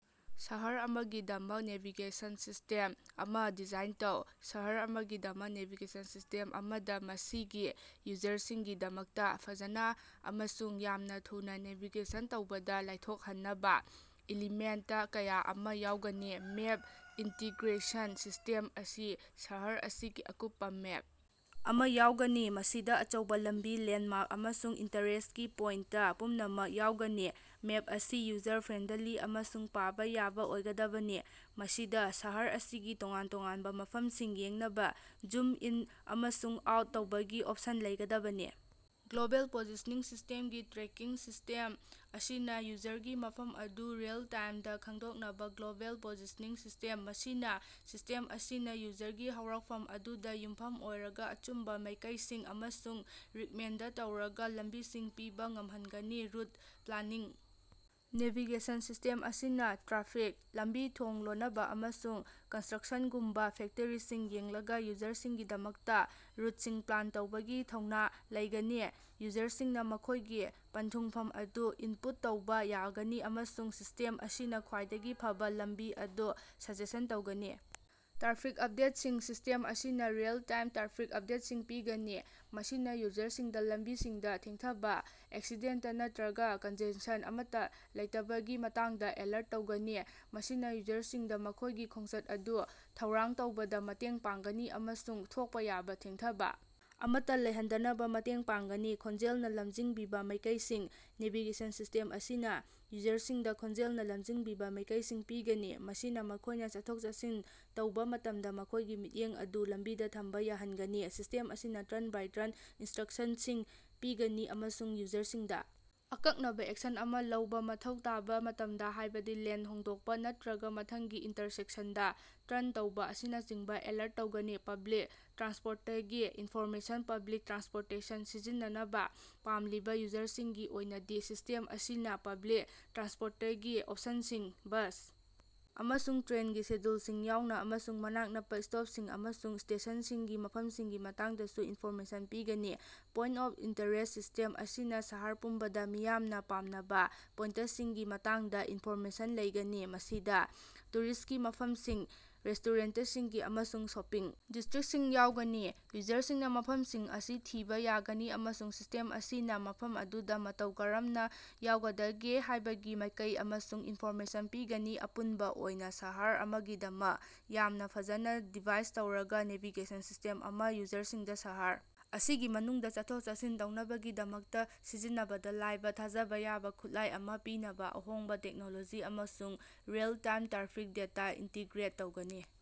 ꯁꯍꯔ ꯑꯃꯒꯤꯗꯃꯛ navigation system ꯑꯃ ꯗꯤꯖꯥꯏꯟ ꯇꯧ꯫ ꯁꯍꯔ ꯑꯃꯒꯤꯗꯃꯛ ꯅꯦꯚꯤꯒꯦꯁꯟ ꯁꯤꯁ꯭ꯇꯦꯝ ꯑꯃꯗ ꯃꯁꯤꯒꯤ ꯌꯨꯖꯔꯁꯤꯡꯒꯤꯗꯃꯛꯇ ꯐꯖꯅ ꯑꯃꯁꯨꯡ ꯌꯥꯝꯅ ꯊꯨꯅ ꯅꯦꯚꯤꯒꯦꯁꯟ ꯇꯧꯕꯗ ꯂꯥꯏꯊꯣꯛꯍꯟꯅꯕ ꯏꯂꯤꯃꯦꯟꯇ ꯀꯌꯥ ꯑꯃ ꯌꯥꯎꯒꯅꯤ꯫ ꯃꯦꯞ ꯏꯟꯇꯤꯒ꯭ꯔꯦꯁꯟ ꯁꯤꯁ꯭ꯇꯦꯝ ꯑꯁꯤ ꯁꯍꯔ ꯑꯁꯤꯒꯤ ꯑꯀꯨꯞꯄ ꯃꯦꯞ ꯑꯃ ꯌꯥꯎꯒꯅꯤ꯫ ꯃꯁꯤꯗ ꯑꯆꯧꯕ ꯂꯝꯕꯤ, ꯂꯦꯟꯗꯃꯥꯔꯛ, ꯑꯃꯁꯨꯡ ꯏꯟꯇꯔꯦꯁ꯭ꯇꯀꯤ ꯄꯣꯏꯟꯇ ꯄꯨꯝꯅꯃꯛ ꯌꯥꯎꯒꯅꯤ꯫ ꯃꯦꯞ ꯑꯁꯤ ꯌꯨꯖꯔ ꯐ꯭ꯔꯦꯟꯗꯂꯤ ꯑꯃꯁꯨꯡ ꯄꯥꯕ ꯌꯥꯕ ꯑꯣꯏꯒꯗꯕꯅꯤ, ꯃꯁꯤꯗ ꯁꯍꯔ ꯑꯁꯤꯒꯤ ꯇꯣꯉꯥꯟ ꯇꯣꯉꯥꯟꯕ ꯃꯐꯝꯁꯤꯡ ꯌꯦꯡꯅꯕ ꯖꯨꯝ ꯏꯟ ꯑꯃꯁꯨꯡ ꯑꯥꯎꯠ ꯇꯧꯕꯒꯤ ꯑꯣꯞꯁꯟ ꯂꯩꯒꯗꯕꯅꯤ꯫ ꯒ꯭ꯂꯣꯕꯦꯜ ꯄꯣꯖꯤꯁꯅꯤꯡ ꯁꯤꯁꯇꯦꯝꯀꯤ ꯇ꯭ꯔꯦꯀꯤꯡ ꯁꯤꯁ꯭ꯇꯦꯝ ꯑꯁꯤꯅ ꯌꯨꯖꯔꯒꯤ ꯃꯐꯝ ꯑꯗꯨ ꯔꯤꯑꯦꯜ ꯇꯥꯏꯃꯗ ꯈꯪꯗꯣꯛꯅꯕ ꯒ꯭ꯂꯣꯕꯦꯜ ꯄꯣꯖꯤꯁꯅꯤꯡ ꯁꯤꯁꯇꯦꯝ ꯃꯁꯤꯅ ꯁꯤꯁ꯭ꯇꯦꯝ ꯑꯁꯤꯅ ꯌꯨꯖꯔꯒꯤ ꯍꯧꯔꯛꯐꯝ ꯑꯗꯨꯗ ꯌꯨꯝꯐꯝ ꯑꯣꯏꯔꯒ ꯑꯆꯨꯝꯕ ꯃꯥꯏꯀꯩꯁꯤꯡ ꯑꯃꯁꯨꯡ ꯔꯤꯛꯃꯦꯟꯗ ꯇꯧꯔꯕ ꯂꯝꯕꯤꯁꯤꯡ ꯄꯤꯕꯥ ꯉꯝꯍꯟꯒꯅꯤ꯫ ꯔꯨꯠ ꯄ꯭ꯂꯥꯅꯤꯡ ꯅꯦꯚꯤꯒꯦꯁꯟ ꯁꯤꯁ꯭ꯇꯦꯝ ꯑꯁꯤꯅꯥ ꯇ꯭ꯔꯥꯐꯤꯛ, ꯂꯝꯕꯤ ꯊꯣꯡ ꯂꯣꯅꯕ ꯑꯃꯁꯨꯡ ꯀꯟꯁꯇꯔꯛꯁꯟꯒꯨꯝꯕ ꯐꯦꯛꯇꯔꯁꯤꯡ ꯌꯦꯡꯂꯒ ꯌꯨꯖꯔꯁꯤꯡꯒꯤꯗꯃꯛꯇ ꯔꯨꯠꯁꯤꯡ ꯄ꯭ꯂꯥꯟ ꯇꯧꯕꯒꯤ ꯊꯧꯅ ꯂꯩꯒꯅꯤ꯫ ꯌꯨꯖꯔꯁꯤꯡꯅ ꯃꯈꯣꯏꯒꯤ ꯄꯟꯊꯨꯡꯐꯝ ꯑꯗꯨ ꯏꯟꯄꯨꯠ ꯇꯧꯕ ꯌꯥꯒꯅꯤ ꯑꯃꯁꯨꯡ ꯁꯤꯁ꯭ꯇꯦꯝ ꯑꯁꯤꯅ ꯈ꯭ꯋꯥꯏꯗꯒꯤ ꯐꯕ ꯂꯝꯕꯤ ꯑꯗꯨ ꯁꯖꯦꯁꯟ ꯇꯧꯒꯅꯤ꯫ ꯇ꯭ꯔꯥꯐꯤꯛ ꯑꯞꯗꯦꯠꯁꯤꯡ ꯁꯤꯁ꯭ꯇꯦꯝ ꯑꯁꯤꯅꯥ ꯔꯤꯑꯦꯜ-ꯇꯥꯏꯃ ꯇ꯭ꯔꯥꯐꯤꯛ ꯑꯞꯗꯦꯠꯁꯤꯡ ꯄꯤꯒꯅꯤ, ꯃꯁꯤꯅ ꯌꯨꯖꯔꯁꯤꯡꯗ ꯂꯝꯕꯤꯁꯤꯡꯗ ꯊꯦꯡꯊꯕ, ꯑꯦꯛꯁꯤꯗꯦꯟꯇ ꯅꯠꯇꯔꯒ ꯀꯟꯖꯦꯁꯟ ꯑꯃꯠꯇ ꯂꯩꯇꯕꯒꯤ ꯃꯇꯥꯡꯗ ꯑꯦꯂꯔꯠ ꯇꯧꯒꯅꯤ꯫ ꯃꯁꯤꯅ ꯌꯨꯖꯔꯁꯤꯡꯗ ꯃꯈꯣꯏꯒꯤ ꯈꯣꯡꯆꯠ ꯑꯗꯨ ꯊꯧꯔꯥꯡ ꯇꯧꯕꯗ ꯃꯇꯦꯡ ꯄꯥꯡꯒꯅꯤ ꯑꯃꯁꯨꯡ ꯊꯣꯛꯄ ꯌꯥꯕ ꯊꯦꯡꯊꯕ ꯑꯃꯠꯇ ꯂꯩꯍꯟꯗꯅꯕ ꯃꯇꯦꯡ ꯄꯥꯡꯒꯅꯤ꯫ ꯈꯣꯟꯖꯦꯜꯅ ꯂꯝꯖꯤꯡꯕꯤꯕ ꯃꯥꯏꯀꯩꯁꯤꯡ ꯅꯦꯚꯤꯒꯦꯁꯟ ꯁꯤꯁ꯭ꯇꯦꯝ ꯑꯁꯤꯅ ꯌꯨꯖꯔꯁꯤꯡꯗ ꯈꯣꯟꯖꯦꯜꯅ ꯂꯝꯖꯤꯡꯕꯤꯕ ꯃꯥꯏꯀꯩꯁꯤꯡ ꯄꯤꯒꯅꯤ, ꯃꯁꯤꯅ ꯃꯈꯣꯏꯅ ꯆꯠꯊꯣꯛ-ꯆꯠꯁꯤꯟ ꯇꯧꯕ ꯃꯇꯝꯗ ꯃꯈꯣꯏꯒꯤ ꯃꯤꯠꯌꯦꯡ ꯑꯗꯨ ꯂꯝꯕꯤꯗ ꯊꯝꯕ ꯌꯥꯍꯟꯒꯅꯤ꯫ ꯁꯤꯁ꯭ꯇꯦꯝ ꯑꯁꯤꯅ ꯇꯔꯟ-ꯕꯥꯏ-ꯇꯔꯟ ꯏꯟꯁꯇꯔꯛꯁꯟꯁꯤꯡ ꯄꯤꯒꯅꯤ ꯑꯃꯁꯨꯡ ꯌꯨꯖꯔꯁꯤꯡꯗ ꯑꯀꯛꯅꯕ ꯑꯦꯛꯁꯟ ꯑꯃ ꯂꯧꯕꯥ ꯃꯊꯧ ꯇꯥꯕ ꯃꯇꯝꯗ ꯍꯥꯏꯕꯗꯤ ꯂꯦꯟ ꯍꯣꯡꯗꯣꯛꯄ ꯅꯠꯇꯔꯒ ꯃꯊꯪꯒꯤ ꯏꯟꯇꯔꯁꯦꯛꯁꯟꯗ ꯇꯔꯟ ꯇꯧꯕ ꯑꯁꯤꯅꯆꯤꯡꯕ ꯑꯦꯂꯔꯠ ꯇꯧꯒꯅꯤ꯫ ꯄꯕ꯭ꯂꯤꯛ ꯇ꯭ꯔꯥꯟꯁꯄꯣꯔꯇꯀꯤ ꯏꯟꯐꯣꯔꯃꯦꯁꯟ ꯄꯕ꯭ꯂꯤꯛ ꯇ꯭ꯔꯥꯟꯁꯄꯣꯔꯇꯦꯁꯟ ꯁꯤꯖꯤꯟꯅꯕ ꯄꯥꯝꯂꯤꯕ ꯌꯨꯖꯔꯁꯤꯡꯒꯤ ꯑꯣꯏꯅꯗꯤ ꯁꯤꯁ꯭ꯇꯦꯝ ꯑꯁꯤꯅ ꯄꯕ꯭ꯂꯤꯛ ꯇ꯭ꯔꯥꯟꯁꯄꯣꯔꯇꯀꯤ ꯑꯣꯞꯁꯟꯁꯤꯡ, ꯕꯁ ꯑꯃꯁꯨꯡ ꯇ꯭ꯔꯦꯅꯒꯤ ꯁꯦꯗ꯭ꯌꯨꯜꯁꯤꯡ ꯌꯥꯎꯅ, ꯑꯃꯁꯨꯡ ꯃꯅꯥꯛ ꯅꯛꯄ ꯁ꯭ꯇꯣꯞꯁꯤꯡ ꯑꯃꯁꯨꯡ ꯁ꯭ꯇꯦꯁꯟꯁꯤꯡꯒꯤ ꯃꯐꯝꯁꯤꯡꯒꯤ ꯃꯇꯥꯡꯗꯁꯨ ꯏꯟꯐꯣꯔꯃꯦꯁꯟ ꯄꯤꯒꯅꯤ꯫ ꯄꯣꯏꯟꯇ ꯑꯣꯐ ꯏꯟꯇꯔꯦꯁ꯭ꯠ ꯁꯤꯁ꯭ꯇꯦꯝ ꯑꯁꯤꯅ ꯁꯍꯔ ꯄꯨꯝꯕꯗ ꯃꯤꯌꯥꯝꯅ ꯄꯥꯝꯅꯕ ꯄꯣꯏꯟꯇꯁꯤꯡꯒꯤ ꯃꯇꯥꯡꯗ ꯏꯟꯐꯣꯔꯃꯦꯁꯟ ꯂꯩꯒꯅꯤ, ꯃꯁꯤꯗꯥ ꯇꯨꯔꯤꯁ꯭ꯇꯀꯤ ꯃꯐꯝꯁꯤꯡ, ꯔꯦꯁ꯭ꯇꯣꯔꯦꯟꯇꯁꯤꯡ ꯑꯃꯁꯨꯡ ꯁꯣꯄꯤꯡ ꯗꯤꯁ꯭ꯠꯔꯤꯛꯇꯁꯤꯡ ꯌꯥꯎꯔꯤ꯫ ꯌꯨꯖꯔꯁꯤꯡꯅꯥ ꯃꯐꯝꯁꯤꯡ ꯑꯁꯤ ꯊꯤꯕ ꯌꯥꯒꯅꯤ ꯑꯃꯁꯨꯡ ꯁꯤꯁ꯭ꯇꯦꯝ ꯑꯁꯤꯅ ꯃꯐꯝ ꯑꯗꯨꯗ ꯃꯇꯧ ꯀꯔꯝꯅꯥ ꯌꯧꯒꯗꯒꯦ ꯍꯥꯏꯕꯒꯤ ꯃꯥꯏꯀꯩ ꯑꯃꯁꯨꯡ ꯏꯟꯐꯣꯔꯃꯦꯁꯟ ꯄꯤꯒꯅꯤ꯫ ꯑꯄꯨꯟꯕ ꯑꯣꯏꯅꯥ ꯁꯍꯔ ꯑꯃꯒꯤꯗꯃꯛ ꯌꯥꯝꯅ ꯐꯖꯅ ꯗꯤꯖꯥꯏꯟ ꯇꯧꯔꯕꯥ ꯅꯦꯚꯤꯒꯦꯁꯟ ꯁꯤꯁ꯭ꯇꯦꯝ ꯑꯃꯅ ꯌꯨꯖꯔꯁꯤꯡꯗ ꯁꯍꯔ ꯑꯁꯤꯒꯤ ꯃꯅꯨꯡꯗ ꯆꯠꯊꯣꯛ-ꯆꯠꯁꯤꯟ ꯇꯧꯅꯕꯒꯤꯗꯃꯛꯇ ꯁꯤꯖꯤꯟꯅꯕꯗ ꯂꯥꯏꯕ, ꯊꯥꯖꯕ ꯌꯥꯕ ꯈꯨꯠꯂꯥꯏ ꯑꯃ ꯄꯤꯅꯕ ꯑꯍꯣꯡꯕ ꯇꯦꯛꯅꯣꯂꯣꯖꯤ ꯑꯃꯁꯨꯡ ꯔꯤꯑꯦꯜ-ꯇꯥꯏꯝ ꯇ꯭ꯔꯥꯐꯤꯛ ꯗꯦꯇꯥ ꯏꯟꯇꯤꯒ꯭ꯔꯦꯠ ꯇꯧꯒꯅꯤ꯫